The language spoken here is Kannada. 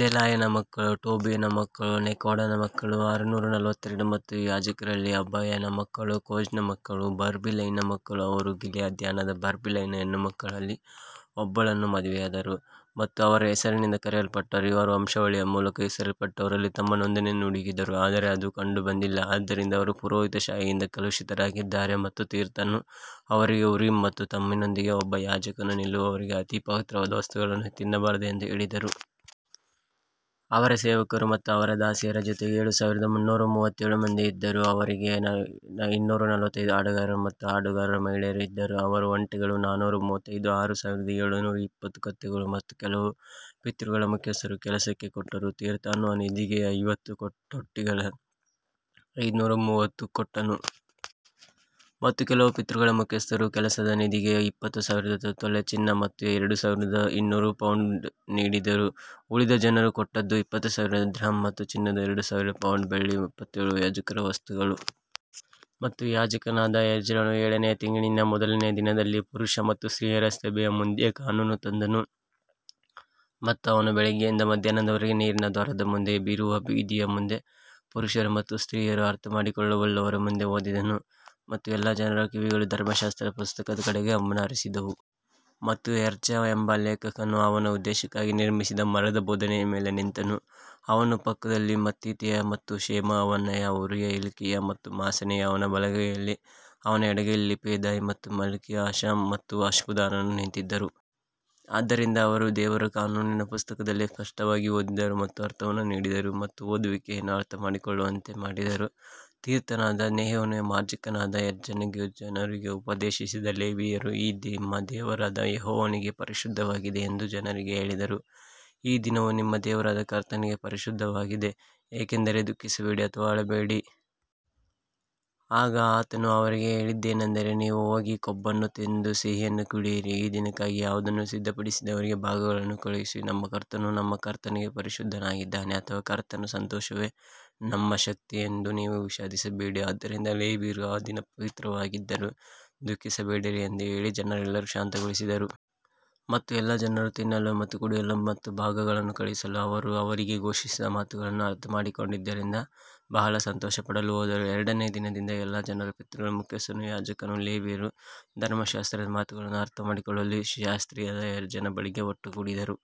ದೆಲಾಯನ ಮಕ್ಕಳು ಟೋಬೀಯನ ಮಕ್ಕಳು ನೆಕೋಡನ ಮಕ್ಕಳು ಆರುನೂರ ನಲವತ್ತೆರಡು ಮತ್ತು ಯಾಜಕರಲ್ಲಿ ಹಬಯನ ಮಕ್ಕಳು, ಕೋಜ್ನ ಮಕ್ಕಳು ಬರ್ಜಿಲ್ಲೈನ ಮಕ್ಕಳು, ಅವರು ಗಿಲ್ಯಾದ್ಯನಾದ ಬರ್ಜಿಲ್ಲೈನ ಹೆಣ್ಣುಮಕ್ಕಳಲ್ಲಿ ಒಬ್ಬಳನ್ನು ಮದುವೆಯಾದರು ಮತ್ತು ಅವರ ಹೆಸರಿನಿಂದ ಕರೆಯಲ್ಪಟ್ಟರು. ಇವರು ವಂಶಾವಳಿಯ ಮೂಲಕ ಎಣಿಸಲ್ಪಟ್ಟವರಲ್ಲಿ ತಮ್ಮ ನೋಂದಣಿಯನ್ನು ಹುಡುಕಿದರು ಆದರೆ ಅದು ಕಂಡುಬಂದಿಲ್ಲ ಆದ್ದರಿಂದ ಅವರು ಪುರೋಹಿತಶಾಹಿಯಿಂದ ಕಲುಷಿತರಾಗಿದ್ದಾರೆ ಮತ್ತು ತಿರ್ಷಾಥನು ಅವರಿಗೆ, ಊರಿಮ್ ಮತ್ತು ತುಮ್ಮಿಮ್ನೊಂದಿಗೆ ಒಬ್ಬ ಯಾಜಕನು ನಿಲ್ಲುವವರೆಗೂ ಅವರು ಅತಿ ಪವಿತ್ರವಾದ ವಸ್ತುಗಳನ್ನು ತಿನ್ನಬಾರದು ಎಂದು ಹೇಳಿದರು. ಅವರ ಸೇವಕರು ಮತ್ತು ಅವರ ದಾಸಿಯರ ಜೊತೆಗೆ ಏಳು ಸಾವಿರದ ಮುನ್ನೂರ ಮೂವತ್ತೇಳು ಮಂದಿ ಇದ್ದರು ಮತ್ತು ಅವರಿಗೆ ಇನ್ನೂರ ನಲವತ್ತೈದು ಹಾಡುಗಾರರು ಮತ್ತು ಹಾಡುಗಾರ ಮಹಿಳೆಯರು ಇದ್ದರು. ಅವರ ಒಂಟೆಗಳು ನಾನೂರ ಮೂವತ್ತೈದು ಆರು ಸಾವಿರದ ಏಳುನೂರ ಇಪ್ಪತ್ತು ಕತ್ತೆಗಳು ಮತ್ತು ಕೆಲವು ಪಿತೃಗಳ ಮುಖ್ಯಸ್ಥರು ಕೆಲಸಕ್ಕೆ ಕೊಟ್ಟರು, ತಿರ್ಷಾಥನು ನಿಧಿಗೆ ಐವತ್ತು ತೊಟ್ಟಿಗಳ ಐವತ್ತು ತೊಟ್ಟಿಗಳ ಐನೂರ ಮೂವತ್ತು ಪುರೋಹಿತರ ವಸ್ತ್ರಗಳನ್ನು ಕೊಟ್ಟನು. ಮತ್ತು ಕೆಲವು ಪಿತೃಗಳ ಮುಖ್ಯಸ್ಥರು ಕೆಲಸದ ನಿಧಿಗೆ ಇಪ್ಪತ್ತು ಸಾವಿರ ತೊಲೆ ಚಿನ್ನ ಮತ್ತು ಎರಡು ಸಾವಿರದ ಇನ್ನೂರು ಪೌಂಡ್ ಬೆಳ್ಳಿಯನ್ನು ನೀಡಿದರು. ಮತ್ತು ಉಳಿದ ಜನರು ಕೊಟ್ಟದ್ದು ಇಪ್ಪತ್ತು ಸಾವಿರ ದ್ರಾಮ್ ಚಿನ್ನ ಮತ್ತು ಎರಡು ಸಾವಿರ ಪೌಂಡ್ ಬೆಳ್ಳಿ ಮತ್ತು ಎಪ್ಪತ್ತೇಳು ಯಾಜಕರ ವಸ್ತ್ರಗಳು. ಮತ್ತು ಯಾಜಕನಾದ ಎಜ್ರನು ಏಳನೆಯ ತಿಂಗಳಿನ ಮೊದಲನೆಯ ದಿನದಲ್ಲಿ ಪುರುಷ ಮತ್ತು ಸ್ತ್ರೀಯರ ಸಭೆಯ ಮುಂದೆ ಕಾನೂನನ್ನು ತಂದನು. ಮತ್ತು ಅವನು ಬೆಳಿಗ್ಗೆಯಿಂದ ಮಧ್ಯಾಹ್ನದವರೆಗೆ ನೀರಿನ ದ್ವಾರದ ಮುಂದೆ ಇರುವ ಬೀದಿಯ ಮುಂದೆ ಪುರುಷರು ಮತ್ತು ಸ್ತ್ರೀಯರು ಮತ್ತು ಅರ್ಥಮಾಡಿಕೊಳ್ಳಬಲ್ಲವರ ಮುಂದೆ ಓದಿದನು ಮತ್ತು ಎಲ್ಲಾ ಜನರ ಕಿವಿಗಳು ಧರ್ಮಶಾಸ್ತ್ರದ ಪುಸ್ತಕದ ಕಡೆಗೆ ಗಮನಹರಿಸಿದವು. ಮತ್ತು ಎಜ್ರ ಎಂಬ ಲೇಖಕನು ಅವರು ಉದ್ದೇಶಕ್ಕಾಗಿ ನಿರ್ಮಿಸಿದ ಮರದ ಬೋಧನೆಯ ಮೇಲೆ ನಿಂತನು ಮತ್ತು ಅವನ ಪಕ್ಕದಲ್ಲಿ ಮತ್ತಿಥಿಯ ಮತ್ತು ಶೆಮಾ, ಅನಯ, ಉರೀಯ, ಹಿಲ್ಕೀಯ ಮತ್ತು ಮಾಸೇಯನು ಅವನ ಬಲಗೈಯಲ್ಲಿ ಮತ್ತು ಅವನ ಎಡಗೈಯಲ್ಲಿ ಪೆದಾಯ, ಮಿಶಾಯೇಲ್, ಮಲ್ಕೀಯ ಮತ್ತು ಹಾಶುಮ್ ಮತ್ತು ಹಷ್ಬದಾನನು ನಿಂತಿದ್ದರು. ಆದ್ದರಿಂದ ಅವರು ದೇವರ ಕಾನೂನಿನ ಪುಸ್ತಕದಲ್ಲಿ ಸ್ಪಷ್ಟವಾಗಿ ಓದಿದರು ಮತ್ತು ಅರ್ಥವನ್ನು ನೀಡಿದರು ಮತ್ತು ಓದುವಿಕೆಯನ್ನು ಅರ್ಥಮಾಡಿಕೊಳ್ಳುವಂತೆ ಮಾಡಿದರು ತಿರ್ಷಾತನಾದ ನೆಹೆಮೀಯನೂ ಯಾಜಕನಾದ ಎಜ್ರನೂ ಜನರಿಗೆ ಉಪದೇಶಿಸಿದ ಲೇವಿಯರೂ ಈ ದಿನವು ನಿಮ್ಮ ದೇವರಾದ ಯೆಹೋವನಿಗೆ ಪರಿಶುದ್ಧವಾಗಿದೆ ಎಂದು ಜನರಿಗೆ ಹೇಳಿದರು, ಈ ದಿನವು ನಿಮ್ಮ ದೇವರಾದ ಕರ್ತನಿಗೆ ಪರಿಶುದ್ಧವಾಗಿದೆ, ಯಾಕಂದರೆ ದುಃಖಿಸಬೇಡಿ ಅಥವಾ ಅಳಬೇಡಿ. ಆಗ ಆತನು ಅವರಿಗೆ ಹೇಳಿದ್ದೇನಂದರೆ, ನೀವು ಹೋಗಿ ಕೊಬ್ಬನ್ನು ತಿಂದು ಸಿಹಿಯನ್ನು ಕುಡಿಯಿರಿ ಮತ್ತು ಈ ದಿನಕ್ಕಾಗಿ ಯಾವುದನ್ನೂ ಸಿದ್ಧಪಡಿಸದವರಿಗೆ ಭಾಗಗಳನ್ನು ಕಳುಹಿಸಿ ನಮ್ಮ ಕರ್ತನು ನಮ್ಮ ಕರ್ತನಿಗೆ ಪರಿಶುದ್ಧನಾಗಿದ್ದಾನೆ ಅಥವಾ ಕರ್ತನ ಸಂತೋಷವೇ ನಿಮ್ಮ ಶಕ್ತಿ ಎಂದು ನೀವು ವಿಷಾದಿಸಬೇಡಿ. ಆದ್ದರಿಂದ ಲೇವಿಯರು ಆ ದಿನ ಪವಿತ್ರವಾಗಿದ್ದರೂ ದುಃಖಿಸಬೇಡಿರಿ ಎಂದು ಹೇಳಿ ಜನರೆಲ್ಲರನ್ನು ಶಾಂತಗೊಳಿಸಿದರು. ಮತ್ತು ಎಲ್ಲಾ ಜನರು ತಿನ್ನಲು ಮತ್ತು ಕುಡಿಯಲು ಮತ್ತು ಭಾಗಗಳನ್ನು ಕಳುಹಿಸಲು ಮತ್ತು ಅವರು ಅವರಿಗೆ ಘೋಷಿಸಿದ ಮಾತುಗಳನ್ನು ಅರ್ಥಮಾಡಿಕೊಂಡಿದ್ದರಿಂದ ಬಹಳ ಸಂತೋಷಪಡಲು ಹೋದರು. ಎರಡನೆಯ ದಿನದಲ್ಲಿ ಎಲ್ಲಾ ಜನರ ಪಿತೃಗಳ ಮುಖ್ಯಸ್ಥರೂ ಯಾಜಕರೂ ಲೇವಿಯರೂ ಧರ್ಮಶಾಸ್ತ್ರದ ಮಾತುಗಳನ್ನು ಅರ್ಥಮಾಡಿಕೊಳ್ಳಲು ಶಾಸ್ತ್ರಿಯಾದ ಎಜ್ರನ ಬಳಿಗೆ ಒಟ್ಟುಗೂಡಿದರು.